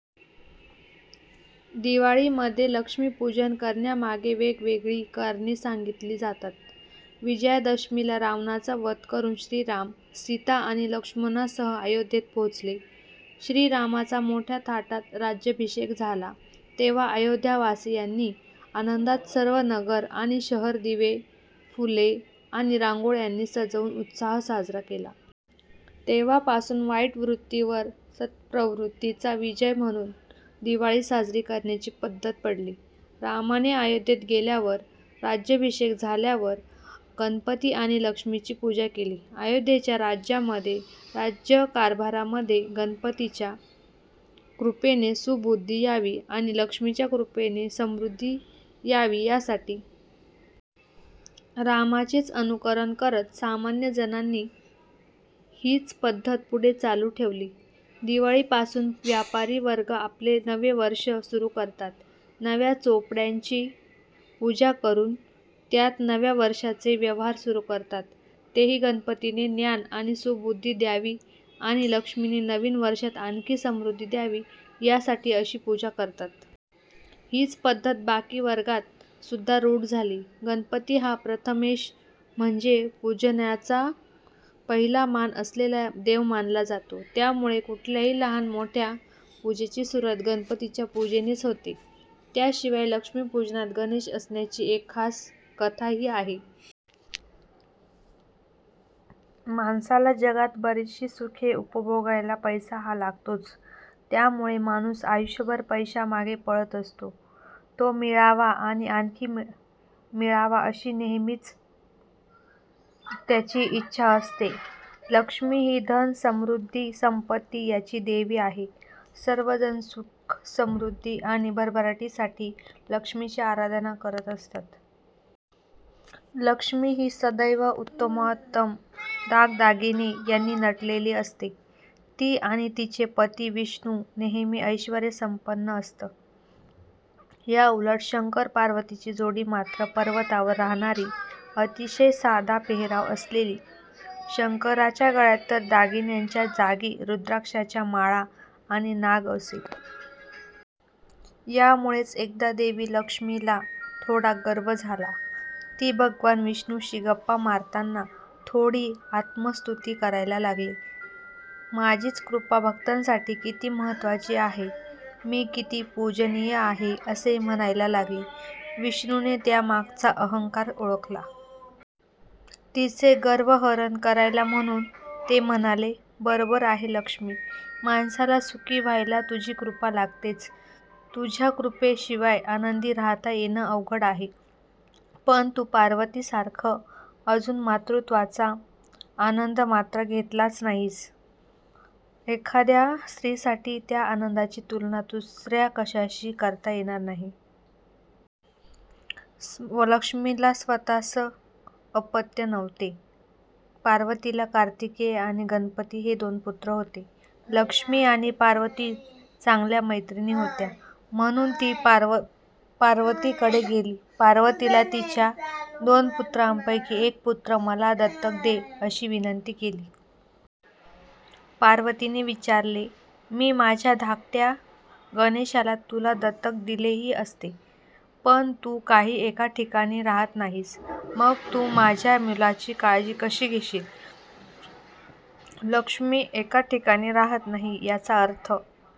दिवाळीमध्ये लक्ष्मी पूजन करण्यामागे वेगवेगळी करणे सांगितली जातात. विजयादशमीला रावणाचा वध करून श्रीराम, सीता आणि लक्ष्मणासह अयोध्येत पोहोचले. श्रीरामाचा मोठ्या थाटात राज्याभिषेक झाला. तेव्हा अयोध्यावासियांनी आनंदात सर्व नगर आणि शहर दिवे, फुले आणि रांगोळ्यांनी सजवुन उत्सव साजरा केला. तेव्हापासून वाईट वृत्तीवर सत्प्रवृत्तीचा विजय म्हणुन दिवाळी साजरी करण्याची पद्धत पडली. रामाने अयोध्येत गेल्यावर, राज्याभिषेक झाल्यावर गणपती आणि लक्ष्मीची पूजा केली. अयोध्येच्या राज्यामध्ये, राज्यकारभारामध्ये गणपतीच्या कृपेने सुबुद्धी यावी आणि लक्ष्मीच्या कृपेने समृद्धी यावी यासाठी. रामाचेच अनुकरण करत सामान्य जणांनी हीच पद्धत पुढे चालु ठेवली. दिवाळी पासुन व्यापारी वर्ग आपले नवे वर्ष सुरु करतात. नव्या चोपड्यांची पूजा करून त्यात नव्या वर्षाचे व्यवहार सुरु करतात. तेही गणपतीने ज्ञान आणि सुबुद्धी द्यावी आणि लक्ष्मीने नवीन वर्षात आणखी समृद्धी द्यावी यासाठी अशी पूजा करतात. हीच पद्धत बाकी वर्गात सुद्धा रूढ झाली. गणपती हा प्रथमेश म्हणजे पुजण्याचा पहिला मान असलेला देव मानला जातो. त्यामुळे कुठल्याही लहान मोठ्या पूजेची सुरुवात गणपतीच्या पुजेनेच होते. त्याशिवाय लक्ष्मीपूजनात गणेश असण्याची एक खास कथा हि आहे. माणसाला जगात बरीचशी सुखे उपभोगायला पैसा हा लागतोच. त्यामुळे माणुस आयुष्यभर पैशामागे पळत असतो, तो मिळावा आणि आणखी मिळावा अशी नेहमीच त्याची इच्छा असते. लक्ष्मी हि धन, समृद्धी, संपत्ती याची देवी आहे. सर्व जण सुख समृद्धी आणि भरभराटीसाठी लक्ष्मीची आराधना करत असतात. लक्ष्मी ही सदैव उत्तमोत्तम दागदागिने यांनी नटलेली असते. ती आणि तिचे पती विष्णु नेहमी ऐश्वर्य संपन्न असत. याउलट शंकर पार्वतीची जोडी मात्र पर्वतावर राहणारी, अतिशय साधा पेहराव असलेली. शंकराच्या गळ्यात तर दागिन्यांच्या जागी रुद्राक्षाच्या माळा आणि नाग असे. यामुळेच एकदा देवी लक्ष्मीला थोडा गर्व झाला. ती भगवान विष्णूशी गप्पा मारताना थोडी आत्मस्तुती करायला लागली. माझीच कृपा भक्तांसाठी किती महत्वाची आहे, मी किती पूजनीय आहे असे म्हणायला लागली. विष्णुने त्यामागचा अहंकार ओळखला. तिचे गर्वहरण करायला म्हणुन ते म्हणाले बरोबर आहे लक्ष्मी, माणसाला सुखी व्हायला तुझी कृपा लागतेच. तुझ्या कृपेशिवाय आनंदी राहता येणं अवघड आहे. पण तु पार्वतीसारखं अजुन मातृत्वाचा आनंद मात्र घेतलाच नाहीस. एखाद्या स्त्रीसाठी त्या आनंदाची तुलना दुसऱ्या कशाशी करता येणार नाही. लक्ष्मीला स्वतःस अपत्य नव्हते. पार्वतीला कार्तिकेय आणि गणपती हे दोन पुत्र होते. लक्ष्मी आणि पार्वती चांगल्या मैत्रिणी होत्या. म्हणुन ती पार्वतीकडे गेली. पार्वतीला तिच्या दोन पुत्रांपैकी एक पुत्र मला दत्तक दे अशी विनंती केली. पार्वतीने विचारले मी माझ्या धाकट्या गणेशाला तुला दत्तक दिलेही असते. पण तू काही एका ठिकाणी राहत नाहीस. मग तू माझ्या मुलाची काळजी कशी घेशील? लक्ष्मी एका ठिकाणी राहत नाही याचा अर्थ